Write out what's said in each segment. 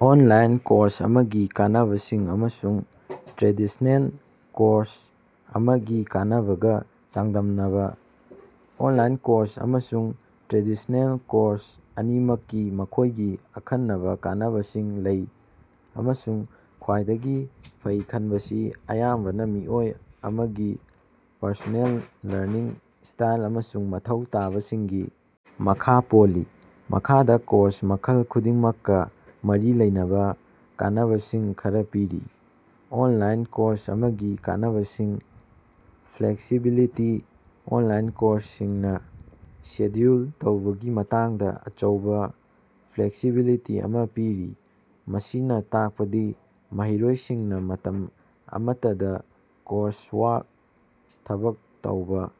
Online course ꯑꯃꯒꯤ ꯀꯥꯟꯅꯕꯁꯤꯡ ꯑꯃꯁꯨꯡ ꯇ꯭ꯔꯦꯗꯤꯁꯅꯦꯜ ꯀꯣꯔꯁ ꯑꯃꯒꯤ ꯀꯥꯟꯅꯕꯒ ꯆꯥꯡꯗꯝꯅꯕ꯫ ꯑꯣꯟꯂꯥꯏꯟ ꯀꯣꯔꯁ ꯑꯃꯁꯨꯡ ꯇ꯭ꯔꯦꯗꯤꯁꯅꯦꯜ ꯀꯣꯔꯁ ꯑꯅꯤꯃꯛꯀꯤ ꯃꯈꯣꯢꯒꯤ ꯑꯈꯟꯅꯕ ꯀꯥꯟꯅꯕꯁꯤꯡ ꯂꯩ ꯑꯃꯁꯨꯡ ꯈ꯭ꯋꯥꯏꯗꯒꯤ ꯐꯩ ꯈꯟꯕꯁꯤ ꯑꯌꯥꯝꯕꯅ ꯃꯤꯑꯣꯏ ꯑꯃꯒꯤ ꯄꯔꯁꯣꯅꯦꯜ ꯂꯔꯅꯤꯡ ꯁ꯭ꯇꯥꯏꯜ ꯑꯃꯁꯨꯡ ꯃꯊꯧ ꯇꯥꯕꯁꯤꯡꯒꯤ ꯃꯈꯥ ꯄꯣꯜꯂꯤ꯫ ꯃꯈꯥꯗꯥ ꯀꯣꯔꯁ ꯃꯈꯜ ꯈꯨꯗꯤꯡꯃꯛꯀ ꯃꯔꯤ ꯂꯩꯅꯕꯥ ꯀꯥꯟꯅꯕꯁꯤꯡ ꯈꯔꯥ ꯄꯤꯔꯤ꯫ ꯑꯣꯟꯂꯥꯏꯟ ꯀꯣꯔꯁ ꯑꯃꯒꯤ ꯀꯥꯟꯅꯕꯁꯤꯡ: ꯐ꯭ꯂꯦꯛꯁꯤꯕꯤꯂꯤꯇꯤ: ꯑꯣꯟꯂꯥꯏꯟ ꯀꯣꯔꯁꯁꯤꯡꯅ ꯁꯦꯗ꯭ꯌꯨꯜ ꯇꯧꯕꯒꯤ ꯃꯇꯥꯡꯗ ꯑꯆꯧꯕ ꯐ꯭ꯂꯦꯛꯁꯤꯕꯤꯂꯤꯇꯤ ꯑꯃ ꯄꯤꯔꯤ꯫ ꯃꯁꯤꯅ ꯇꯥꯛꯄꯗꯤ ꯃꯍꯩꯔꯣꯏꯁꯤꯡꯅ ꯃꯇꯝ ꯑꯃꯠꯇꯗ ꯀꯣꯔꯁꯋꯥꯔꯛ ꯊꯕꯛ ꯇꯧꯕꯥ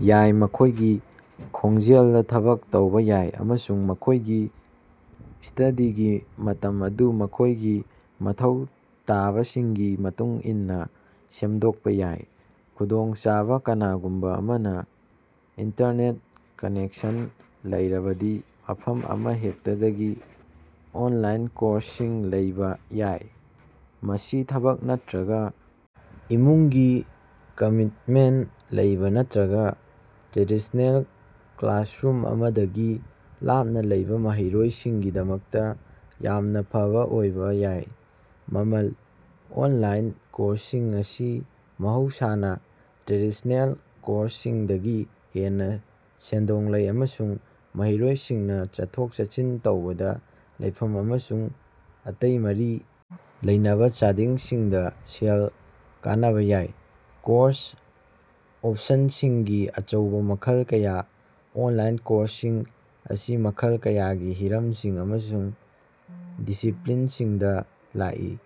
ꯌꯥꯏ ꯃꯈꯣꯢꯒꯤ ꯈꯣꯡꯖꯦꯜꯗ ꯊꯕꯛ ꯇꯧꯕꯥ ꯌꯥꯏ ꯑꯃꯁꯨꯡ ꯃꯈꯣꯢꯒꯤ ꯁ꯭ꯇꯗꯤꯒꯤ ꯃꯇꯝ ꯑꯗꯨ ꯃꯈꯣꯢꯒꯤ ꯃꯊꯧ ꯇꯥꯕꯁꯤꯡꯒꯤ ꯃꯇꯨꯡ ꯏꯟꯅ ꯁꯦꯝꯗꯣꯛꯄ ꯌꯥꯏ꯫ ꯈꯨꯗꯣꯡꯆꯥꯕꯥ: ꯀꯅꯥꯒꯨꯝꯕ ꯑꯃꯅ ꯏꯟꯇꯔꯅꯦꯠ ꯀꯅꯦꯛꯁꯟ ꯂꯩꯔꯕꯗꯤ ꯃꯐꯝ ꯑꯃꯍꯦꯛꯇꯗꯒꯤ ꯑꯣꯟꯂꯥꯏꯟ ꯀꯣꯔꯁꯁꯤꯡ ꯂꯩꯕꯥ ꯌꯥꯏ꯫ ꯃꯁꯤ ꯊꯕꯛ ꯅꯠꯇ꯭ꯔꯒ ꯏꯃꯨꯡꯒꯤ ꯀꯃꯤꯇꯃꯦꯟꯇ ꯂꯩꯕꯥ ꯅꯠꯇ꯭ꯔꯒ ꯇ꯭ꯔꯦꯗꯤꯁꯅꯦꯜ ꯀ꯭ꯂꯥꯁꯔꯨꯝ ꯑꯃꯗꯒꯤ ꯂꯥꯞꯅ ꯂꯩꯕꯥ ꯃꯍꯩꯔꯣꯏꯁꯤꯡꯒꯤꯗꯃꯛꯇ ꯌꯥꯝꯅ ꯐꯕ ꯑꯣꯏꯕꯥ ꯌꯥꯏ꯫ ꯃꯃꯜ: ꯑꯣꯟꯂꯥꯏꯟ ꯀꯣꯔꯁꯁꯤꯡ ꯑꯁꯤ ꯃꯍꯧꯁꯥꯅ ꯇ꯭ꯔꯦꯗꯤꯁꯅꯦꯜ ꯀꯣꯔꯁꯁꯤꯡꯗꯒꯤ ꯍꯦꯟꯅ ꯁꯦꯟꯗꯣꯡ ꯂꯩ ꯑꯃꯁꯨꯡ ꯃꯍꯩꯔꯣꯏꯁꯤꯡꯅ ꯆꯠꯊꯣꯛ ꯆꯠꯁꯤꯟ ꯇꯧꯕꯗ, ꯂꯩꯐꯝ ꯑꯃꯁꯨꯡ ꯑꯇꯩ ꯃꯔꯤ ꯂꯩꯅꯕ ꯆꯥꯗꯤꯡꯁꯤꯡꯗ ꯁꯦꯜ ꯀꯅꯕꯥ ꯌꯥꯏ꯫ ꯀꯣꯔꯁ ꯑꯣꯞꯁꯟꯁꯤꯡꯒꯤ ꯑꯆꯧꯕ ꯃꯈꯜ ꯀꯌꯥ: ꯑꯣꯟꯂꯥꯏꯟ ꯀꯣꯔꯁꯁꯤꯡ ꯑꯁꯤ ꯃꯈꯜ ꯀꯌꯥꯒꯤ ꯍꯤꯔꯝꯁꯤꯡ ꯑꯃꯁꯨꯡ ꯗꯤꯁꯤꯄ꯭ꯂꯤꯟꯁꯤꯡꯗ ꯂꯥꯛꯏ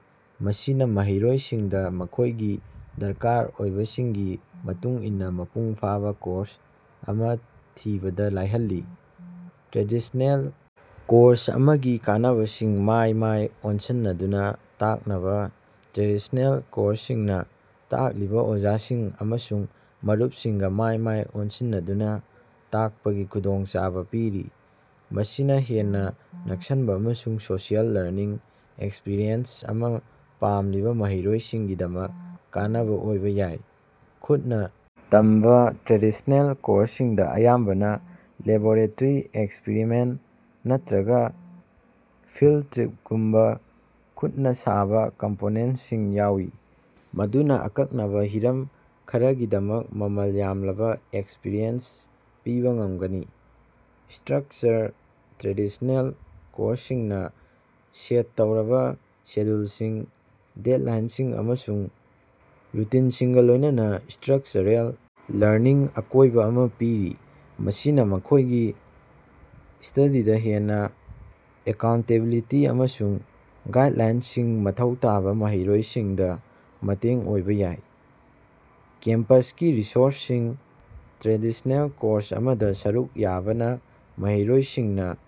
ꯃꯁꯤꯅ ꯃꯍꯩꯔꯣꯏꯁꯤꯡꯗ ꯃꯈꯣꯢꯒꯤ ꯗꯔꯀꯥꯔ ꯑꯣꯏꯕꯁꯤꯡꯒꯤ ꯃꯇꯨꯡ ꯏꯟꯅ ꯃꯄꯨꯡ ꯐꯥꯕ ꯀꯣꯔꯁ ꯑꯃ ꯊꯤꯕꯗ ꯂꯥꯏꯍꯜꯂꯤ꯫ ꯇ꯭ꯔꯦꯗꯤꯁꯅꯦꯜ ꯀꯣꯔꯁ ꯑꯃꯒꯤ ꯀꯥꯟꯅꯕꯁꯤꯡ: ꯃꯥꯏ ꯃꯥꯏ ꯑꯣꯟꯁꯟꯅꯗꯨꯅ ꯇꯥꯛꯅꯕ: ꯇ꯭ꯔꯦꯗꯤꯁꯅꯦꯜ ꯀꯣꯔꯁꯁꯤꯡꯅ ꯇꯥꯛꯂꯤꯕ ꯑꯣꯖꯥꯁꯤꯡ ꯑꯃꯁꯨꯡ ꯃꯔꯨꯞꯁꯤꯡꯒ ꯃꯥꯏ ꯃꯥꯏ ꯑꯣꯟꯁꯤꯟꯅꯗꯨꯅ ꯇꯥꯛꯄꯒꯤ ꯈꯨꯗꯣꯡꯆꯥꯕ ꯄꯤꯔꯤ꯫ ꯃꯁꯤꯅ ꯍꯦꯟꯅ ꯅꯛꯁꯟꯕ ꯑꯃꯁꯨꯡ ꯁꯣꯁꯤꯑꯦꯜ ꯂꯔꯅꯤꯡ ꯑꯦꯛꯁꯄꯤꯔꯤꯑꯦꯟꯁ ꯑꯃ ꯄꯥꯝꯂꯤꯕ ꯃꯍꯩꯔꯣꯏꯁꯤꯡꯒꯤꯗꯃꯛ ꯀꯥꯟꯅꯕ ꯑꯣꯏꯕ ꯌꯥꯏ꯫ ꯈꯨꯠꯅꯥ ꯇꯝꯕꯥ: ꯇ꯭ꯔꯦꯗꯤꯁꯅꯦꯜ ꯀꯣꯔꯁꯁꯤꯡꯗ ꯑꯌꯥꯝꯕꯅ ꯂꯦꯕꯣꯔꯦꯇꯔꯤ ꯑꯦꯛꯁꯄ꯭ꯔꯤꯃꯦꯟꯇ ꯅꯠꯇ꯭ꯔꯒ ꯐꯤꯜꯗ ꯇ꯭ꯔꯤꯞꯀꯨꯝꯕ ꯈꯨꯠꯅ ꯁꯥꯕꯥ ꯀꯝꯄꯣꯅꯦꯟꯇꯁꯤꯡ ꯌꯥꯎꯏ ꯃꯗꯨꯅ ꯑꯀꯛꯅꯕ ꯍꯤꯔꯝ ꯈꯔꯒꯤꯗꯃꯛ ꯃꯃꯜ ꯌꯥꯝꯂꯕ ꯑꯦꯛꯁꯄꯔꯤꯌꯦꯟꯁ ꯄꯤꯕ ꯉꯝꯒꯅꯤ꯫ ꯁꯇ꯭ꯔꯛꯆꯔ: ꯇ꯭ꯔꯦꯗꯤꯁꯅꯦꯜ ꯀꯣꯔꯁꯁꯤꯡꯅ ꯁꯦꯠ ꯇꯧꯔꯕ ꯁꯦꯗ꯭ꯌꯨꯜꯁꯤꯡ, ꯗꯦꯗꯂꯥꯏꯟꯁꯤꯡ ꯑꯃꯁꯨꯡ ꯔꯨꯇꯤꯟꯁꯤꯡꯒ ꯂꯣꯢꯅꯅꯥ ꯁꯇ꯭ꯔꯛꯆꯔꯦꯜ ꯂꯔꯅꯤꯡ ꯑꯀꯣꯏꯕ ꯑꯃꯥ ꯄꯤꯔꯤ꯫ ꯃꯁꯤꯅ ꯃꯈꯣꯢꯒꯤ ꯁꯇꯗꯤꯗ ꯍꯦꯟꯅ ꯑꯦꯀꯥꯎꯟꯇꯦꯕꯤꯂꯤꯇꯤ ꯑꯃꯁꯨꯡ ꯒꯥꯏꯗꯂꯥꯏꯟꯁꯤꯡ ꯃꯊꯧ ꯇꯥꯕ ꯃꯍꯩꯔꯣꯏꯁꯤꯡꯗ ꯃꯇꯦꯡ ꯑꯣꯏꯕ ꯌꯥꯏ꯫ ꯀꯦꯝꯄꯁꯀꯤ ꯔꯤꯁꯣꯔꯁꯁꯤꯡ: ꯇ꯭ꯔꯦꯗꯤꯁꯅꯦꯜ ꯀꯣꯔꯁ ꯑꯃꯗ ꯁꯔꯨꯛ ꯌꯥꯕꯅ ꯃꯍꯩꯔꯣꯏꯁꯤꯡꯅ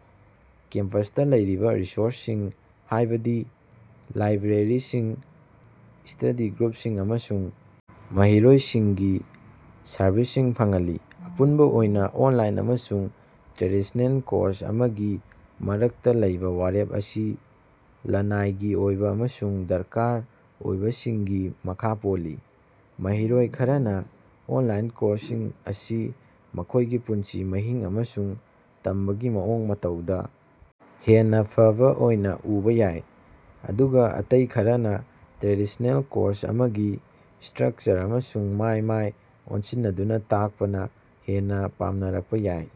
ꯀꯦꯝꯄꯁꯇ ꯂꯩꯔꯤꯕ ꯔꯤꯁꯣꯔꯁꯁꯤꯡ ꯍꯥꯢꯕꯗꯤ ꯂꯥꯏꯕ꯭ꯔꯦꯔꯤꯁꯤꯡ, ꯁ꯭ꯇꯗꯤ ꯒ꯭ꯔꯨꯞꯁꯤꯡ ꯑꯃꯁꯨꯡ ꯃꯍꯩꯔꯣꯏꯁꯤꯡꯒꯤ ꯁꯔꯚꯤꯁꯁꯤꯡ ꯐꯪꯍꯜꯂꯤ꯫ ꯑꯄꯨꯟꯕ ꯑꯣꯏꯅ ꯑꯣꯟꯂꯥꯏꯟ ꯑꯃꯁꯨꯡ ꯇ꯭ꯔꯦꯗꯤꯁꯅꯦꯜ ꯀꯣꯔꯁ ꯑꯃꯒꯤ ꯃꯔꯛꯇ ꯂꯩꯕꯥ ꯋꯥꯔꯦꯞ ꯑꯁꯤ ꯂꯅꯥꯏꯒꯤ ꯑꯣꯏꯕ ꯑꯃꯁꯨꯡ ꯗꯔꯀꯥꯔ ꯑꯣꯏꯕꯁꯤꯡꯒꯤ ꯃꯈꯥ ꯄꯣꯜꯂꯤ꯫ ꯃꯍꯩꯔꯣꯏ ꯈꯔꯅ ꯑꯣꯟꯂꯥꯏꯟ ꯀꯣꯔꯁꯁꯤꯡ ꯑꯁꯤ ꯃꯈꯣꯢꯒꯤ ꯄꯨꯟꯁꯤ ꯃꯍꯤꯡ ꯑꯃꯁꯨꯡ ꯇꯝꯕꯒꯤ ꯃꯑꯣꯡ ꯃꯇꯧꯗ ꯍꯦꯟꯅ ꯐꯕ ꯑꯣꯏꯅ ꯎꯕꯥ ꯌꯥꯏ ꯑꯗꯨꯒ ꯑꯇꯩ ꯈꯔꯅ ꯇ꯭ꯔꯦꯗꯤꯁꯅꯦꯜ ꯀꯣꯔꯁ ꯑꯃꯒꯤ ꯁꯇ꯭ꯔꯛꯆꯔ ꯑꯃꯁꯨꯡ ꯃꯥꯏ ꯃꯥꯏ ꯑꯣꯟꯁꯤꯟꯅꯗꯨꯅ ꯇꯥꯛꯄꯅ ꯍꯦꯟꯅꯥ ꯄꯥꯝꯅꯔꯛꯄ ꯌꯥꯏ꯫